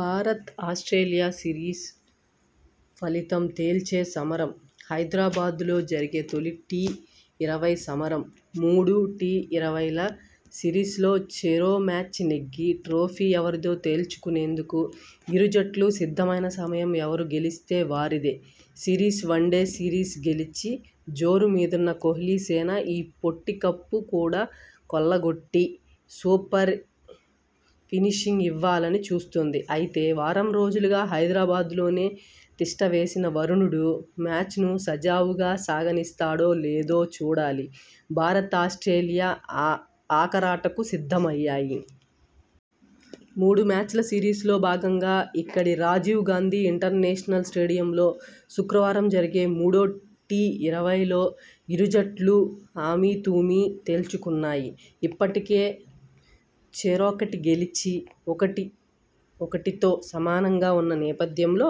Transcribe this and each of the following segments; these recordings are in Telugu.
భారత్ ఆస్ట్రేలియా సిరీస్ ఫలితం తేల్చే సమరం! హైదరాబాద్లో జరిగే తొలి టీ ఇరవై సమరం! మూడు టీ ఇరవైల సిరీస్లో చెరో మ్యాచ్ నెగ్గి ట్రోఫీ ఎవరిదో తేల్చుకునేందుకు ఇరు జట్లూ సిద్ధమైన సమయం ఎవరు గెలిస్తే వారిదే సిరీస్ వన్డే సిరీస్ గెలిచి జోరు మీదున్న కోహ్లీ సేన ఈ పొట్టి కప్ను కూడా కొల్లగొట్టి సూపర్ ఫినిషింగ్ ఇవ్వాలని చూస్తోంది అయితే వారం రోజులుగా హైదరాబాద్లోనే తిష్టవేసిన వరుణుడు మ్యాచ్ను సజావుగా సాగనిస్తాడో లేదో చూడాలి భారత్ ఆస్ట్రేలియా ఆఖరాటకు సిద్ధమయ్యాయి. మూడు మ్యాచ్ల సిరీస్లో భాగంగా ఇక్కడి రాజీవ్ గాంధీ ఇంటర్నేషనల్ స్టేడియంలో శుక్రవారం జరిగే మూడో టీ ఇరవైలో ఇరు జట్లూ అమీతుమీ తేల్చుకోనున్నాయి ఇప్పటికే చెరొకటి గెలిచి ఒకటి ఒకటితో సమంగా ఉన్న నేపథ్యంలో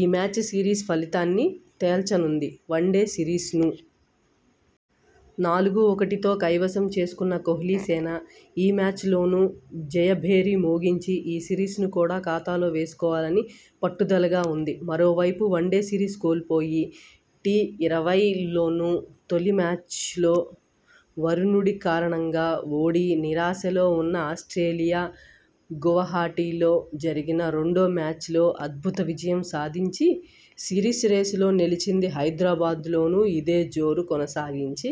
ఈ మ్యాచ్ సిరీస్ ఫలితాన్ని తేల్చనుంది వన్డే సిరీస్ను నాలుగు ఒకటితో కైవసం చేసు కున్న కోహ్లీ సేన ఈ మ్యాచ్లోనూ జయ భేరి మోగించి ఈ సిరీస్ను కూడా ఖాతాలో వేసు కోవాలని పట్టుదలగా ఉంది మరోవైపు వన్డే సిరీస్ కోల్పోయి టీ ఇరవైల్లోనూ తొలి మ్యాచ్లో వరుణుడి కారణంగా ఓడి నిరాశలో ఉన్న ఆస్ట్రేలియా గువహటిలో జరిగిన రెండో మ్యాచ్లో అద్భుత విజయం సాధించి సిరీస్ రేసులో నిలిచింది హైదరాబాద్లోనూ ఇదే జోరు కొనసాగించి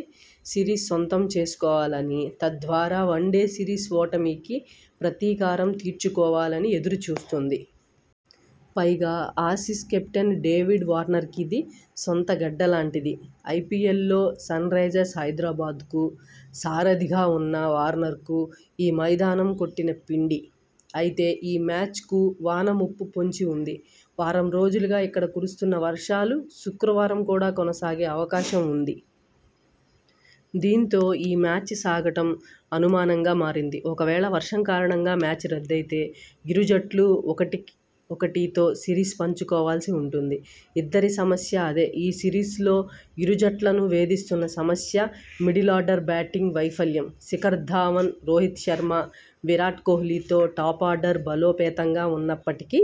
సిరీస్ సొంతం చేసుకోవాలని తద్వారా వన్డే సిరీస్ ఓటమికి ప్రతీకారం తీర్చుకోవాలని ఎదురు చూస్తోంది. పైగా ఆసీస్ కెప్టెన్ డేవిడ్ వార్నర్కిది సొంత గడ్డలాంటిది. ఐపీఎల్లో సన్రైజర్స్ హైదరాబాద్కు సారధిగా ఉన్న వార్నర్కు ఈ మైదానం కొట్టిన పిండి. అయితే ఈ మ్యాచ్కు వాన ముప్పు పొంచి ఉంది. వారం రోజులుగా ఇక్కడ కురుస్తున్న వర్షాలు శుక్రవారం కూడా కొనసాగే అవకాశం ఉంది. దీంతో ఈ మ్యాచ్ సాగడం అనుమానంగా మారింది. ఒకవేళ వర్షం కారణంగా మ్యాచ్ రద్దయితే ఇరు జట్లూ ఒకటి ఒకటితో సిరీస్ పంచుకోవాల్సి ఉంటుంది. ఇద్దరి సమస్య అదే ఈ సిరీస్లో ఇరు జట్లనూ వేధిస్తున్న సమస్య మిడిలార్డర్ బ్యాటింగ్ వైఫల్యం. శిఖర్ ధవన్, రోహిత్ శర్మ, విరాట్ కోహ్లీతో టాపార్డర్ బలోపేతంగా ఉన్న ప్పటికీ..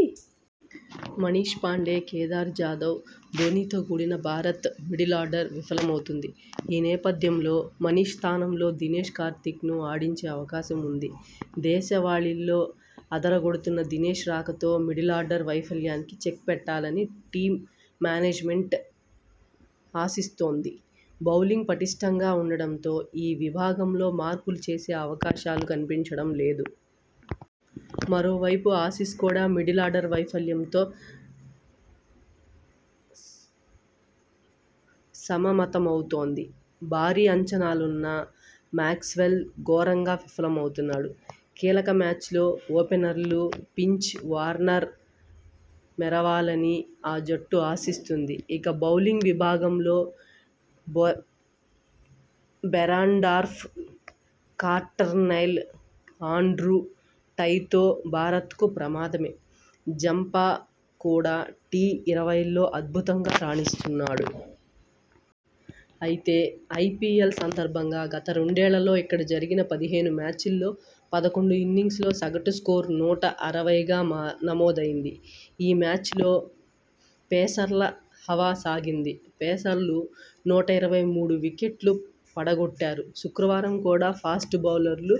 మనీష్ పాండే, కేదార్ జాదవ్, ధోనీతో కూడిన భారత మిడిలార్డర్ విఫలమవుతోంది. ఈ నేపథ్యంలో మనీష్ స్థానంలో దినేష్ కార్తీక్ ను ఆడించే అవకాశం ఉంది. దేశ వాళీల్లో అదర గొడుతున్న దినేష్ రాకతో మిడిలార్డర్ వైఫల్యానికి చెక్ పెట్టాలని టీమ్ మేనేజ్మెంట్ ఆశిస్తోంధి బౌలింగ్ పటిష్టంగా ఉండడంతో ఈ విభాగంలో మార్పులు చేసే అవకాశాలు కనిపించడం లేదు. మరోవైపు ఆసీస్ కూడా మిడిలార్డర్ వైఫల్యంతో సమమతమవుతోంది. భారీ అంచనాలున్న మాక్స్వెల్ ఘోరంగా విఫలమవుతున్నాడు. కీలక మ్యాచ్లో ఓపెనర్లు ఫించ్, వార్నర్ మెరవాలని ఆ జట్టు ఆశిస్తోంది. ఇక బౌలింగ్ విభాగంలో బెరెండార్ఫ్, కల్టర్నైల్, ఆండ్రూ టైతో భారత్కు ప్రమాదమే. జంపా కూడా టీ ఇరవైల్లో అద్భుతంగా రాణిస్తున్నాడు. అయితే ఐపీఎల్ సందర్భంగా గత రెండేళ్లలో ఇక్క డ జరిగిన పదిహేను మ్యాచ్ల్లో పదకొండు ఇన్నింగ్స్ లో సగటు స్కోరు నూట అరవైగా నమోదైంది. ఈ మ్యాచ్ల్లో పేసర్ల హవా సాగింది. పేసర్లు నూట ఇరవై మూడు వికెట్లు పడగొట్టారు. శుక్రవారం కూడా ఫాస్ట్ బౌలర్లు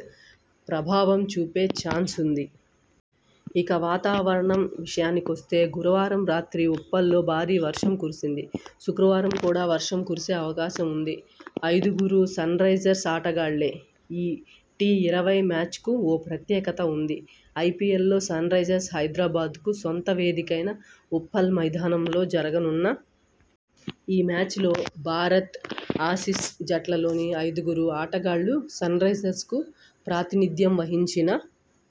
ప్రభావం చూపే చాన్సుంది. ఇక వాతావరణం విషయానికొస్తే గురువారం రాత్రి ఉప్పల్లో భారీ వర్షం కురిసంది. శుక్రవారం కూడా వర్షం కురిసే అవకాశం ఉంది. ఐదుగురు సన్రైజర్స్ ఆటగాళ్లే! ఈ టీఇరవై మ్యాచ్కు ఓ ప్రత్యేకత ఉంది. ఐపీఎల్లో సన్రైజర్స్ హైద రాబాద్కు సొంత వేదికైన ఉప్పల్ మైదానంలో జరుగనున్న ఈ మ్యా చ్లో భారత్, ఆసీస్ జట్లలోని ఐదు గురు ఆటగాళ్లు సన్రైజర్స్కు ప్రాతినిధ్యం వహించిన